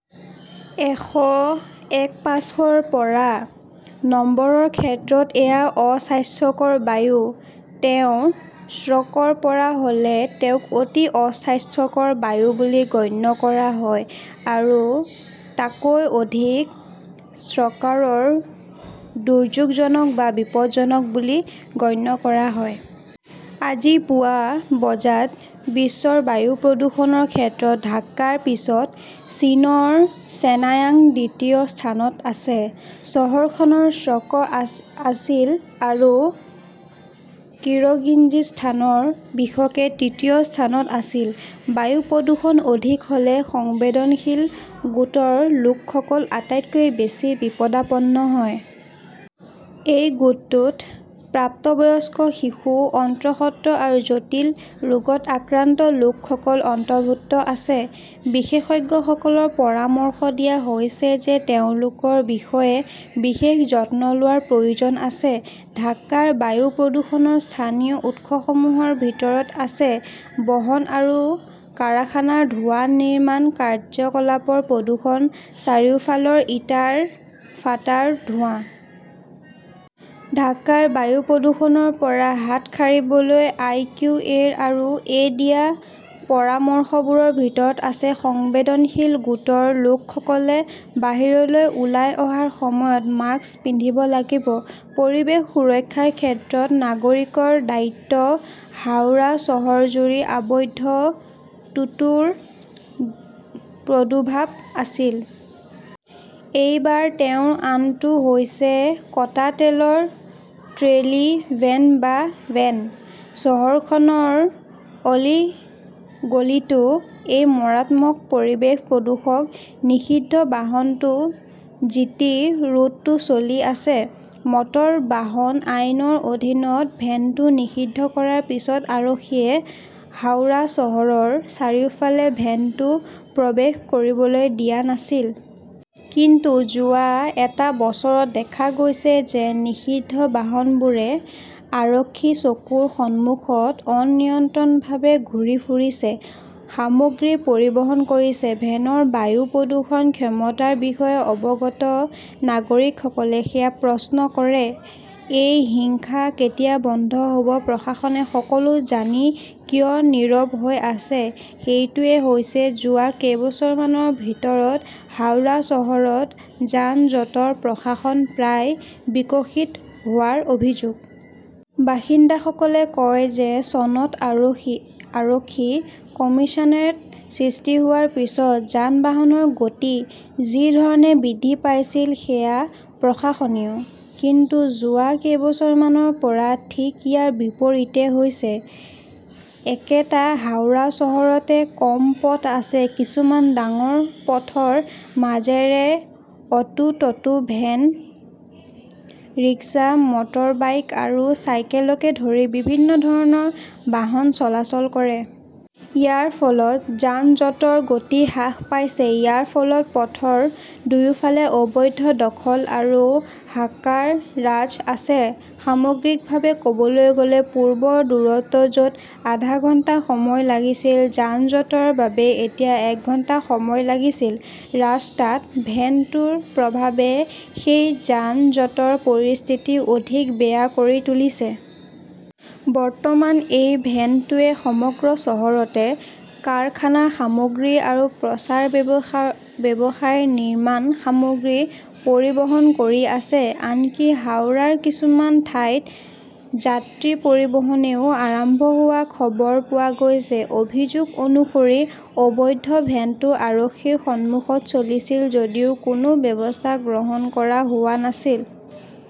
এশ একপঞ্চাশ ৰ পৰা নম্বৰৰ ক্ষেত্ৰত এয়া অস্বাস্থ্যকৰ বায়ু। তেওঁৰ স্ক'ৰ ৰ পৰা হ'লে তেওঁক অতি অস্বাস্থ্যকৰ বায়ু বুলি গণ্য কৰা হয়। আৰু তকৈ অধিক স্ক’ৰৰক দুৰ্যোগজনক বা বিপদজনক বুলি গণ্য কৰা হয়। আজি পুৱা বজাত বিশ্বৰ বায়ু প্ৰদূষণৰ ক্ষেত্ৰত ঢাকাৰ পিছত চীনৰ শেনয়াং দ্বিতীয় স্থানত আছে। চহৰখনৰ স্ক’ৰ আছিল আৰু কিৰগিজস্তানৰ বিশকে তৃতীয় স্থানত আছিল। বায়ু প্ৰদূষণ অধিক হ’লে সংবেদনশীল গোটৰ লোকসকল আটাইতকৈ বেছি বিপদাপন্ন হয়। এই গোটটোত প্ৰাপ্তবয়স্ক, শিশু, অন্তঃসত্ত্ৰ আৰু জটিল ৰোগত আক্ৰান্ত লোকসকল অন্তৰ্ভুক্ত আছে। বিশেষজ্ঞসকলক পৰামৰ্শ দিয়া হৈছে যে তেওঁলোকৰ বিষয়ে বিশেষ যত্ন লোৱাৰ প্ৰয়োজন আছে। ঢাকাৰ বায়ু প্ৰদূষণৰ স্থানীয় উৎসসমূহৰ ভিতৰত আছে বাহন আৰু কাৰখানাৰ ধোঁৱা, নিৰ্মাণ কাৰ্যকলাপৰ প্ৰদূষণ, চাৰিওফালৰ ইটাৰ ফাঁটৰ ধোঁৱা। ঢাকাৰ বায়ু প্ৰদূষণৰ পৰা হাত সাৰিবলৈ আই. কিউ. এ. আৰ. এ দিয়া পৰামৰ্শবোৰৰ ভিতৰত আছে, সংবেদনশীল গোটৰ লোকসকলে বাহিৰলৈ ওলাই অহাৰ সময়ত মাস্ক পিন্ধিব লাগিব। পৰিৱেশ সুৰক্ষাৰ ক্ষেত্ৰত নাগৰিকৰ দায়িত্ব হাওৰা চহৰজুৰি অবৈধ টোটোৰ প্ৰাদুৰ্ভাৱ আছিল। এইবাৰ তেওঁৰ আনটো হৈছে কটা তেলৰ ট্ৰলি ভেন বা ভেন। চহৰখনৰ অলিগলীতো এই মাৰাত্মক পৰিৱেশ প্ৰদূষক নিষিদ্ধ বাহনটো জিটি ৰোডতো চলি আছে। মটৰ বাহন আইনৰ অধীনত ভেনটো নিষিদ্ধ কৰাৰ পিছত আৰক্ষীয়ে হাওড়া চহৰৰ চাৰিওফালে ভেনটো প্ৰৱেশ কৰিবলৈ দিয়া নাছিল। কিন্তু যোৱা এটা বছৰত দেখা গৈছে যে নিষিদ্ধ বাহনবোৰে আৰক্ষীৰ চকুৰ সন্মুখত অনিয়ন্ত্ৰিতভাৱে ঘূৰি ফুৰিছে, সামগ্ৰী পৰিবহণ কৰিছে। ভেন 'ৰ বায়ু প্ৰদূষণ ক্ষমতাৰ বিষয়ে অৱগত নাগৰিকসকলে সেয়েহে প্ৰশ্ন কৰে, এই হিংসা কেতিয়া বন্ধ হ'ব প্ৰশাসনে সকলো জানি কিয় নীৰৱ হৈ আছে এইটোৱেই হৈছে যোৱা কেইবছৰমানৰ ভিতৰত হাওৰা চহৰত যান-জঁটৰ প্ৰশাসন প্ৰায় বিকশিত হোৱাৰ অভিযোগ। বাসিন্দাসকলে কয় যে চনত আৰক্ষী কমিছনাৰেট সৃষ্টি হোৱাৰ পিছত যান-বাহনৰ গতি যি ধৰণে বৃদ্ধি পাইছিল সেয়া প্ৰশংসনীয়। কিন্তু যোৱা কেইবছৰমানৰ পৰা ঠিক ইয়াৰ বিপৰীতে হৈছে। একেটা হাওৰা চহৰতে কম পথ আছে। কিছুমান ডাঙৰ পথৰ মাজেৰে অটো, টোটো, ভেন, ৰিক্সা, মটৰবাইক আৰু চাইকেলকে ধৰি বিভিন্ন ধৰণৰ বাহন চলাচল কৰে। ইয়াৰ ফলত যান-জঁটৰ গতি হ্ৰাস পাইছে। ইয়াৰ ওপৰত পথৰ দুয়োফালে অবৈধ দখল আৰু হকাৰ-ৰাজ আছে। সামগ্ৰিকভাৱে ক’বলৈ গ’লে, পূৰ্বৰ দূৰত্ব য’ত আধা ঘণ্টা সময় লাগিছিল, যান-জঁটৰ বাবে এতিয়া এক ঘণ্টা সময় লাগিছিল। ৰাস্তাত ভেন টোৰ প্ৰভাৱে সেই যান-জঁটৰ পৰিস্থিতি অধিক বেয়া কৰি তুলিছে। বৰ্তমান এই ভেন "টোৱে সমগ্ৰ চহৰতে কাৰখানাৰ সামগ্ৰী আৰু প্ৰচাৰ ব্যৱসায়ৰ নিৰ্মাণ সামগ্ৰী পৰিবহণ কৰি আছে। আনকি হাওৰাৰ কিছুমান ঠাইত যাত্ৰী পৰিবহণও আৰম্ভ হোৱাৰ খবৰ পোৱা গৈছে। অভিযোগ অনুসৰি, অবৈধ ভেনটো আৰক্ষীৰ সন্মুখত চলিছিল যদিও কোনো ব্যৱস্থা গ্ৰহণ কৰা হোৱা নাছিল।